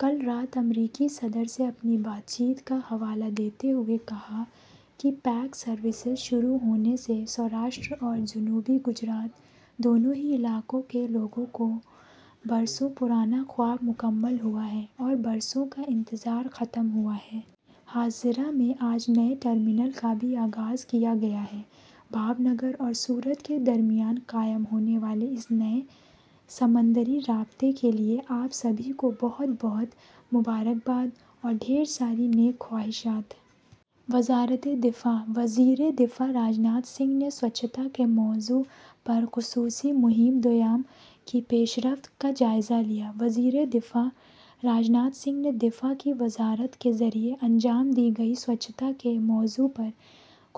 کل رات امریکی صدر سے اپنی بات چیت کا حوالہ دیتے ہوئے کہا کہ پیکس سروسز شروع ہونے سے سوراشٹر اور جنوبی گجرات، دونوں ہی علاقوں کے لوگوں کا برسوں پرانا خواب مکمل ہوا ہے اور برسوں کا انتظار ختم ہوا ہے۔ ہزیرا میں آج نئے ٹرمینل کا بھی آغاز کیا گیا ہے۔ بھاؤنگر اور سورت کے درمیان قائم ہونے والے اس نئے سمندری رابطے کے لیے آپ سبھی کو بہت بہت مبارکباد اور ڈھیر ساری نیک خواہشات! وزارتِ دفاع وزیرِ دفاع راج ناتھ سنگھ نے سوچھتا کے موضوع پر خصوصی مہم دوئم کی پیش رفت کا جائزہ لیا وزیرِ دفاع راج ناتھ سنگھ نے دفاع کی وزارت کے ذریعے انجام دی گئی سوچھتا کے موضوع پر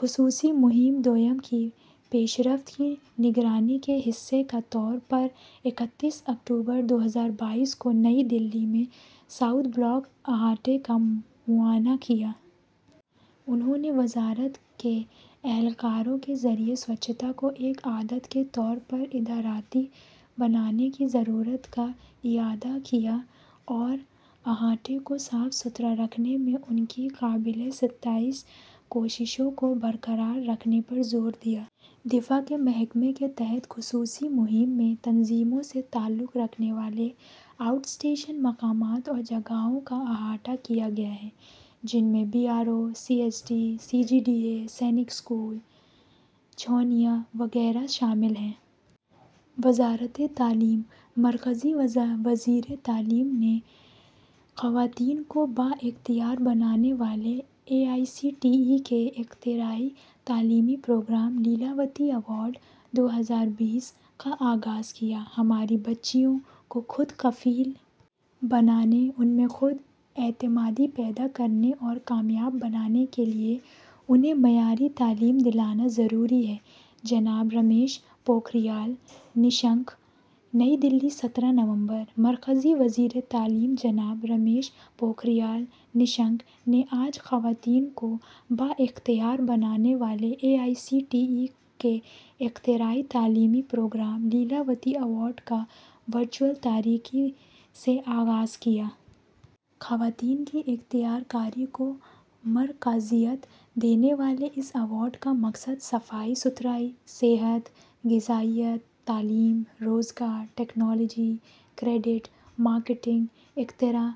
خصوصی مہم دوئم کی پیش رفت کی نگرانی کے حصے کے طور پر اکتیس اکتوبر دو ہزار بائیس کو نئی دہلی میں ساؤتھ بلاک احاطے کا معائنہ کیا۔ انہوں نے وزارت کے اہلکاروں کے ذریعے سوچھتا کو ایک عادت کے طور پر ادارہ جاتی بنانے کی ضرورت کا اعادہ کیا اور احاطے کو صاف ستھرا رکھنے میں ان کی قابلِ ستائش کاوشوں کو برقرار رکھنے پر زور دیا۔ دفاع کے محکمہ کے تحت خصوصی مہم میں تنظیموں سے تعلق رکھنے والے آؤٹ اسٹیشن مقامات اور جگہوں کا احاطہ کیا گیا ہے، جس میں B R O, C S D, C G D A, Sainik school, چھاؤنیاں وغیرہ شامل ہیں۔ وزارتِ تعلیم مرکزی وزیر تعلیم نے خواتین کو بااختیار بنانے والے اے آئی سی ٹی ای کے اختراعی تعلیمی پروگرام لیلاوتی ایوارڈ دو ہزار بیس کا آغاز کیا ہماری بچیوں کو خود کفیل بنانے، ان میں خود اعتمادی پیدا کرنے اور کامیاب بنانے کے لیے انہیں معیاری تعلیم دلانا ضروری ہے: جناب رمیش پوکھریال ’نشنک‘ نئی دہلی، سترہ نومبر: مرکزی وزیر تعلیم جناب رمیش پوکھریال ’نشنک‘ نے آج خواتین کو بااختیار بنانے والے اے آئی سی ٹی ای کے اختراعی تعلیمی پروگرام لیلاوتی ایوارڈ کا ورچوئل طریقے سے آغاز کیا۔ خواتین کی اختیارکاری کو مرکزیت دینے والے اس ایوارڈ کا مقصد صفائی ستھرائی، صحت، تغذیہ، تعلیم، روزگار، ٹیکنالوجی، کریڈٹ، مارکیٹنگ، اختراع،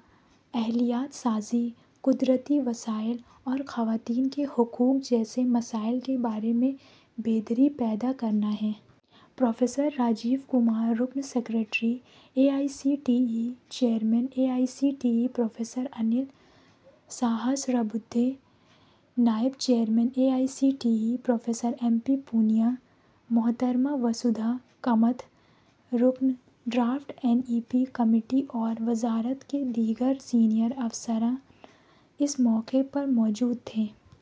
اہلیت سازی، قدرتی وسائل اور خواتین کے حقوق جیسے مسائل کے بارے میں بیداری پیدا کرنا ہے۔ پروفیسر راجیو کمار، رکن secretary, A I C T E; chairman, A I C T E professor Anil Sahasrabudhe; نائب chairman, A I C T E, professor M P Poonia; محترمہ واسودھا کمتھ، رکن، draft N E P committee اور وزارت کے دیگر سینئر افسران اس موقع پر موجود تھے۔